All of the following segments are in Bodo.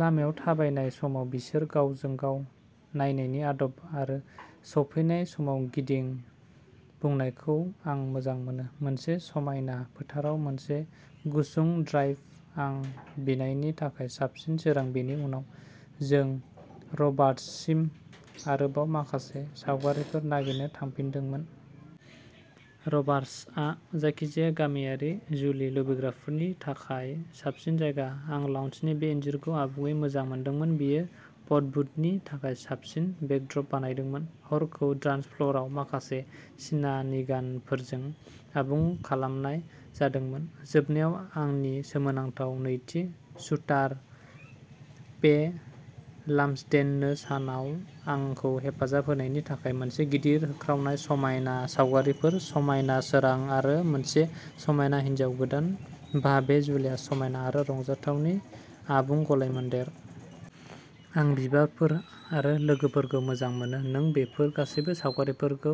लामायाव थाबायनाय समाव बिसोर गावजों-गाव नायनायनि आदब आरो सफैनाय समाव गिदिं बुनायखौ आं मोजां मोनो। मोनसे समायना फोथाराव मोनसे गुसुं ड्राइभ आं बिनायनि थाखाय साबसिन सोरां बेनि उनाव जों रबार्ट्ससिम आरोबाव माखासे सावगारिफोर नागिरनो थांफिनदोंमोन। रबार्ट्सआ जायखिजाया गामियारि जुलि लुबैग्राफोरनि थाखाय साबसिन जायगा। आं लाउन्जनि बे इनजुरखौ आबुङै मोजां मोनदोंमोन बेयो फटबुथनि थाखाय साबसिन बेकद्रब बानायदोंमोन। हरखौ डान्सफ्ल'राव माखासे सिनानिगानफोरजों आबुं खालामनाय जादोंमोन। जोबनायाव आंनि सोमोनांथाव नैथि शूटार फे लाम्सडेननो सानाव आंखौ हेफाजाब होनायनि थाखाय मोनसे गिदिर होख्रावनाय समायना सावगारिफोर समायना सोरां आरो मोनसे समायना हिन्जाव गोदान बाह बे जुलिया समायना आरो रंजाथावनि आबुं गलायमोन्देर। आं बिबारफोर आरो लोगोफोरखौ मोजां मोनो नों बेफोर गासैबो सावगारिफोरखौ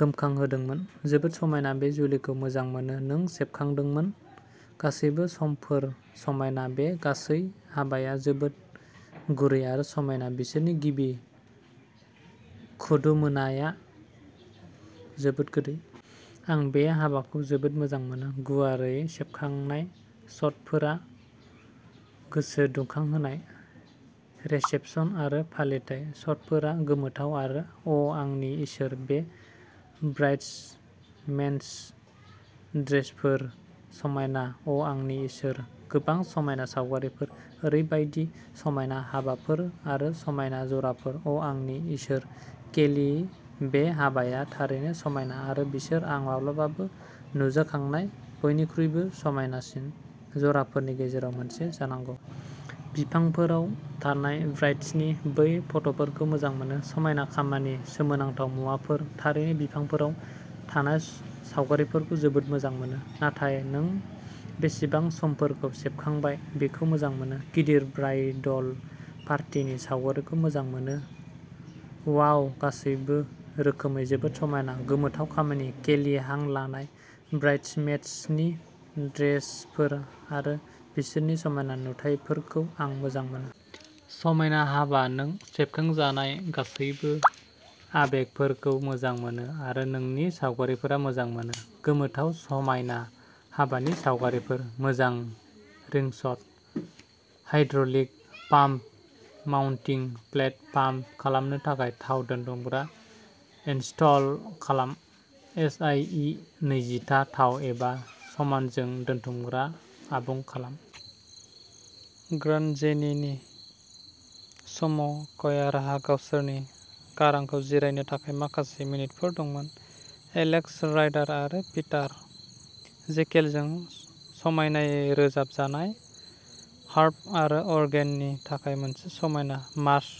गोमखांहोदोंमोन। जोबोद समायना बे जुलिखौ मोजां मोनो नों सेबखांदोंमोन। गासैबो समफोर समायना बे गासै हाबाया जोबोद गुरै आरो समायना बिसोरनि गिबि खुदुमोनाया जोबोद गोदै। आं बे हाबाखौ जोबोद मोजां मोनो। गुवारै सेबखांनाय शटफोरा गोसो दुंखांहोनाय रिसेपसन आरो फालिथाय शटफोरा गोमोथाव आरो अ आंनि इसोर बै ब्राइड्समेड्स ड्रेसफोर समायना अआंनि इसोर गोबां समायना सावगारिफोर ओरैबायदि समायना हाबाफोर आरो समायना जराफोर अआंनि इसोर केली बे हाबाया थारैनो समायना आरो बिसोर आं माब्लाबाबो नुजाखांनाय बयनिख्रुइबो समायनासिन जराफोरनि गेजेराव मोनसे जानांगौ। बिफांफोराव थानाय ब्राइड्सनि बै फट'फोरखौ मोजां मोनो। समायना खामानि सोमोनांथाव मुवाफोर थारैनो बिफांफोराव थानाय सावगारिफोरखौ जोबोद मोजां मोनो। नाथाय नों बेसेबां समफोरखौ सेबखांबाय बेखौ मोजां मोनो। गिदिर ब्राइडल पार्टिनि सावगारिखौ मोजां मोनो वाव गासैबो रोखोमै जोबोद समायना गोमोथाव खामानि केली हां लानाय ब्राइड्समेड्सनि ड्रेसफोर आरो बिसोरनि समायना जुथाफोरखौ आं मोजां मोनो। समायना हाबा नों सेबखांजानाय गासैबो आबेगफोरखौ मोजां मोनो आरो नोंनि सावगारिफोरा मोजां मोनो। गोमोथाव समायना हाबानि सावगारिफोर। मोजां रिंशट hydraulic pump mounting plate pump खालामनो थाखाय थाव दोनथुमग्रा इनस्टल खालाम। एस ए इ नैजिथा थाव एबा समानजों दोनथुमग्रा आबुं खालाम। ग्रान्डजेनिनि समाव कयारहा गावसोरनि गारांखौ जिरायनो थाखाय माखासे मिनिटफोर दंमोन, एलेक्स राइडार आरो पिटार जेकेलजों समायनायै रोजाबजानाय हार्प आरो अर्गेननि थाखाय मोनसे समायना मर्स'।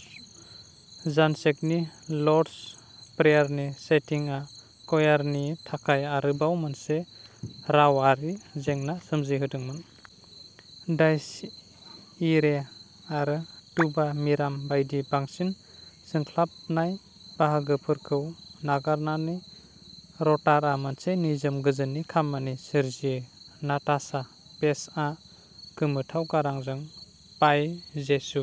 जानासेकनि लर्ड'स प्रेयारनि सेटिंआ कयारनि थाखाय आरोबाव मोनसे रावारि जेंना सोमजिहोदोंमोन। डाइस इरे आरो तुबा मिराम बायदि बांसिन जोंख्लाबनाय बाहागोफोरखौ नागारनानै रटारआ मोनसे निजोम गोजोननि खामानि सोरजियो। नाताशा पेजआ गोमोथाव गारांजों पाइ जेसु